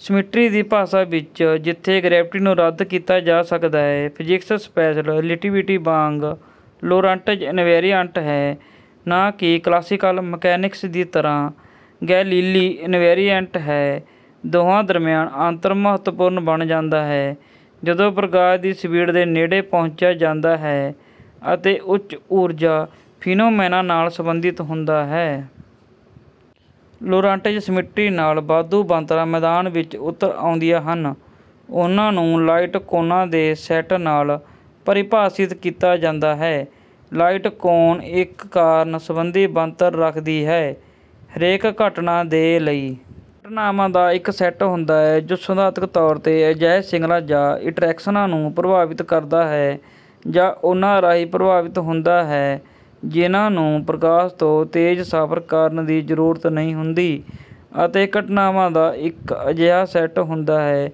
Symmetry ਦੀ ਭਾਸ਼ਾ ਵਿੱਚ: ਜਿੱਥੇ ਗਰੈਵਿਟੀ ਨੂੰ ਰੱਦ ਕੀਤਾ ਜਾ ਸਕਦਾ ਹੈ, ਫਿਜ਼ਿਕਸ ਸਪੈਸ਼ਲ ਰਿਲੇਟੀਵਿਟੀ ਵਾਂਗ ਲੌਰੰਟਜ਼ ਇਨਵੇਰੀਅੰਟ ਹੈ, ਨਾ ਕਿ ਕਲਾਸੀਕਲ ਮਕੈਨਿਕਸ ਦੀ ਤਰ੍ਹਾਂ ਗੈਲੀਲੀ ਇਨਵੇਰੀਅੰਟ ਹੈ। ਦੋਹਾਂ ਦਰਮਿਆਨ ਅੰਤਰ ਮਹੱਤਵਪੂਰਨ ਬਣ ਜਾਂਦਾ ਹੈ, ਜਦੋਂ ਪ੍ਰਕਾਸ਼ ਦੀ ਸਪੀਡ ਦੇ ਨੇੜੇ ਪਹੁੰਚਿਆ ਜਾਂਦਾ ਹੈ ਅਤੇ ਉੱਚ-ਊਰਜਾ ਫੀਨੋਮੈਨਾ ਨਾਲ ਸੰਬੰਧਿਤ ਹੁੰਦਾ ਹੈ। ਲੌਰੰਟਜ਼ ਸਮਿੱਟਰੀ ਨਾਲ, ਵਾਧੂ ਬਣਤਰਾਂ ਮੈਦਾਨ ਵਿੱਚ ਉਤਰ ਆਉਂਦੀਆਂ ਹਨ। ਉਹਨਾਂ ਨੂੰ ਲਾਈਟ ਕੋਨਾਂ ਦੇ ਸੈੱਟ ਨਾਲ ਪਰਿਭਾਸ਼ਿਤ ਕੀਤਾ ਜਾਂਦਾ ਹੈ। ਲਾਈਟ ਕੋਨ ਇੱਕ ਕਾਰਣ ਸਬੰਧੀ ਬਣਤਰ ਰੱਖਦੀ ਹੈ: ਹਰੇਕ ਘਟਨਾ ਦੇ ਲਈ, ਘਟਨਾਵਾਂ ਦਾ ਇੱਕ ਸੈੱਟ ਹੁੰਦਾ ਹੈ, ਜੋ ਸਿਧਾਂਤਕ ਤੌਰ 'ਤੇ, ਅਜਿਹੇ ਸਿਗਨਲਾਂ ਜਾਂ ਇੰਟਰੈਕਸ਼ਨਾਂ ਨੂੰ ਪ੍ਰਭਾਵਿਤ ਕਰਦਾ ਹੈ ਜਾਂ ਉਹਨਾਂ ਰਾਹੀਂ ਪ੍ਰਭਾਵਿਤ ਹੁੰਦਾ ਹੈ, ਜਿਹਨਾਂ ਨੂੰ ਪ੍ਰਕਾਸ਼ ਤੋਂ ਤੇਜ਼ ਸਫਰ ਕਰਨ ਦੀ ਜ਼ਰੂਰਤ ਨਹੀਂ ਹੁੰਦੀ ਅਤੇ ਘਟਨਾਵਾਂ ਦਾ ਇੱਕ ਅਜਿਹਾ ਸੈੱਟ ਹੁੰਦਾ ਹੈ,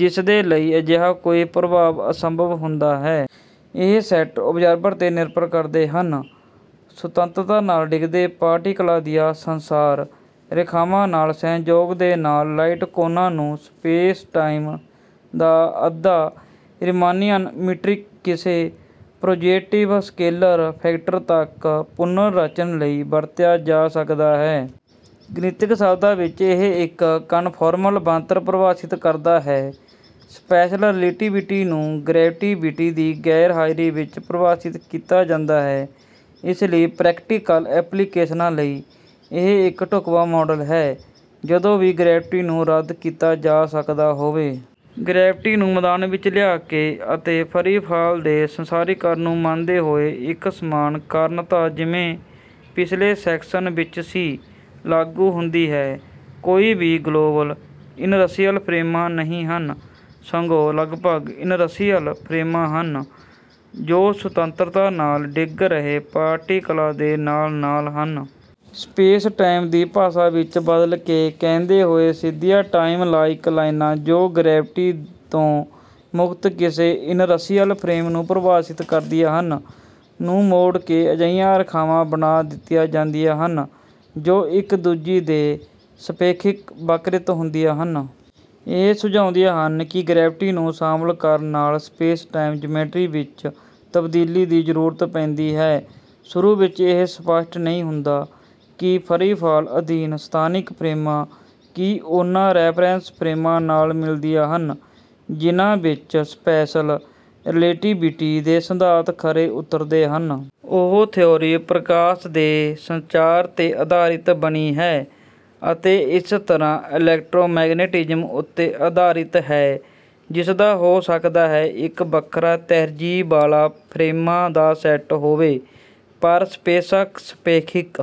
ਜਿਸਦੇ ਲਈ ਅਜਿਹਾ ਕੋਈ ਪ੍ਰਭਾਵ ਅਸੰਭਵ ਹੁੰਦਾ ਹੈ। ਇਹ ਸੈੱਟ ਔਬਜ਼ਰਵਰ 'ਤੇ ਨਿਰਭਰ ਕਰਦੇ ਹਨ। ਸੁਤੰਤਰਤਾ ਨਾਲ ਡਿੱਗਦੇ ਪਾਰਟੀਕਲਾਂ ਦੀਆਂ ਸੰਸਾਰ ਰੇਖਾਵਾਂ ਨਾਲ ਸਹਿਜੋਗ ਦੇ ਨਾਲ, ਲਾਈਟ ਕੋਨਾਂ ਨੂੰ ਸਪੇਸ-ਟਾਈਮ ਦਾ ਅੱਧਾ ਰੀਮਾਨੀਅਨ ਮੀਟ੍ਰਿਕ, ਕਿਸੇ ਪ੍ਰੌਜ਼ੇਟਿਵ ਸਕੇਲਰ ਫੈਕਟਰ ਤੱਕ, ਪੁਨਰਚਣ ਲਈ ਵਰਤਿਆ ਜਾ ਸਕਦਾ ਹੈ। ਗਣਿਤਿਕ ਸ਼ਬਦਾਂ ਵਿੱਚ, ਇਹ ਇੱਕ ਕਨਫੌਰਮਲ ਬਣਤਰ ਪਰਿਭਾਸ਼ਿਤ ਕਰਦਾ ਹੈ। ਸਪੈਸ਼ਲ ਰੀਲੇਟੀਵਿਟੀ ਨੂੰ ਗਰੈਵਿਟੀ ਦੀ ਗੈਰ-ਹਾਜ਼ਰੀ ਵਿੱਚ ਪਰਿਭਾਸ਼ਿਤ ਕੀਤਾ ਜਾਂਦਾ ਹੈ, ਇਸ ਲਈ ਪ੍ਰੈਕਟੀਕਲ ਐਪਲੀਕੇਸ਼ਨਾਂ ਲਈ, ਇਹ ਇੱਕ ਢੁਕਵਾਂ ਮੌਡਲ ਹੈ, ਜਦੋਂ ਵੀ ਗਰੈਵਿਟੀ ਨੂੰ ਰੱਦ ਕੀਤਾ ਜਾ ਸਕਦਾ ਹੋਵੇ। ਗਰੈਵਿਟੀ ਨੂੰ ਮੈਦਾਨ ਵਿੱਚ ਲਿਆ ਕੇ, ਅਤੇ ਫਰੀ ਫਾਲ ਦੇ ਸੰਸਾਰੀਕਰਨ ਨੂੰ ਮੰਨਦੇ ਹੋਏ, ਇੱਕ ਸਮਾਨ ਕਾਰਣਤਾ, ਜਿਵੇਂ ਪਿਛਲੇ ਸੈਕਸਨ ਵਿੱਚ ਸੀ, ਲਾਗੂ ਹੁੰਦੀ ਹੈ: ਕੋਈ ਵੀ ਗਲੋਬਲ ਇਨਰਸ਼ੀਅਲ ਫਰੇਮਾਂ ਨਹੀਂ ਹਨ। ਸਗੋਂ ਲਗਭਗ ਇਨਰਸ਼ੀਅਲ ਫਰੇਮਾਂ ਹਨ, ਜੋ ਸੁਤੰਤਰਤਾ ਨਾਲ ਡਿੱਗ ਰਹੇ ਪਾਰਟੀਕਲਾਂ ਦੇ ਨਾਲ-ਨਾਲ ਹਨ। ਸਪੇਸ-ਟਾਈਮ ਦੀ ਭਾਸ਼ਾ ਵਿੱਚ ਬਦਲ ਕੇ ਕਹਿੰਦੇ ਹੋਏ: ਸਿੱਧੀਆਂ ਟਾਈਮ-ਲਾਈਕ ਲਾਈਨਾਂ, ਜੋ ਗਰੈਵਿਟੀ ਤੋਂ ਮੁਕਤ ਕਿਸੇ ਇਨਰਸ਼ੀਅਲ ਫਰੇਮ ਨੂੰ ਪਰਿਭਾਸ਼ਿਤ ਕਰਦੀਆਂ ਹਨ, ਨੂੰ ਮੋੜ ਕੇ ਅਜਿਹੀਆਂ ਰੇਖਾਵਾਂ ਬਣਾ ਦਿੱਤੀਆਂ ਜਾਂਦੀਆਂ ਹਨ, ਜੋ ਇੱਕ ਦੂਜੀ ਦੇ ਸਾਪੇਖਿਕ ਵਕਰਿਤ ਹੁੰਦੀਆਂ ਹਨ। ਇਹ ਸੁਝਾਉਂਦੀਆਂ ਹਨ ਕਿ ਗਰੈਵਿਟੀ ਨੂੰ ਸ਼ਾਮਿਲ ਕਰਨ ਨਾਲ ਸਪੇਸ-ਟਾਈਮ ਜੀਓਮੈਟਰੀ ਵਿੱਚ ਤਬਦੀਲੀ ਦੀ ਜ਼ਰੂਰਤ ਪੈਂਦੀ ਹੈ। ਸ਼ੁਰੂ ਵਿੱਚ, ਇਹ ਸਪਸ਼ਟ ਨਹੀਂ ਹੁੰਦਾ ਕਿ ਫਰੀ ਫਾਲ ਅਧੀਨ ਸਥਾਨਿਕ ਫਰੇਮਾਂ, ਕੀ ਉਹਨਾਂ ਰੈਫਰੈਂਸ ਫਰੇਮਾਂ ਨਾਲ ਮਿਲਦੀਆਂ ਹਨ, ਜਿਹਨਾਂ ਵਿੱਚ ਸਪੈਸ਼ਲ ਰੀਲੇਟੀਵਿਟੀ ਦੇ ਸਿਧਾਂਤ ਖਰੇ ਉਤਰਦੇ ਹਨ। ਉਹ ਥਿਊਰੀ ਪ੍ਰਕਾਸ਼ ਦੇ ਸੰਚਾਰ 'ਤੇ ਅਧਾਰਿਤ ਬਣੀ ਹੈ, ਅਤੇ ਇਸ ਤਰ੍ਹਾਂ ਇਲੈਕਟ੍ਰੋਮੈਗਨੈਟਿਜ਼ਮ ਉੱਤੇ ਅਧਾਰਿਤ ਹੈ, ਜਿਸਦਾ ਹੋ ਸਕਦਾ ਹੈ ਇੱਕ ਵੱਖਰਾ ਤਰਜੀਹ ਵਾਲਾ ਫਰੇਮਾਂ ਦਾ ਸੈੱਟ ਹੋਵੇ। ਪਰ ਸਾਪੇਸ਼ਕ-ਸਾਪੇਖਿਕ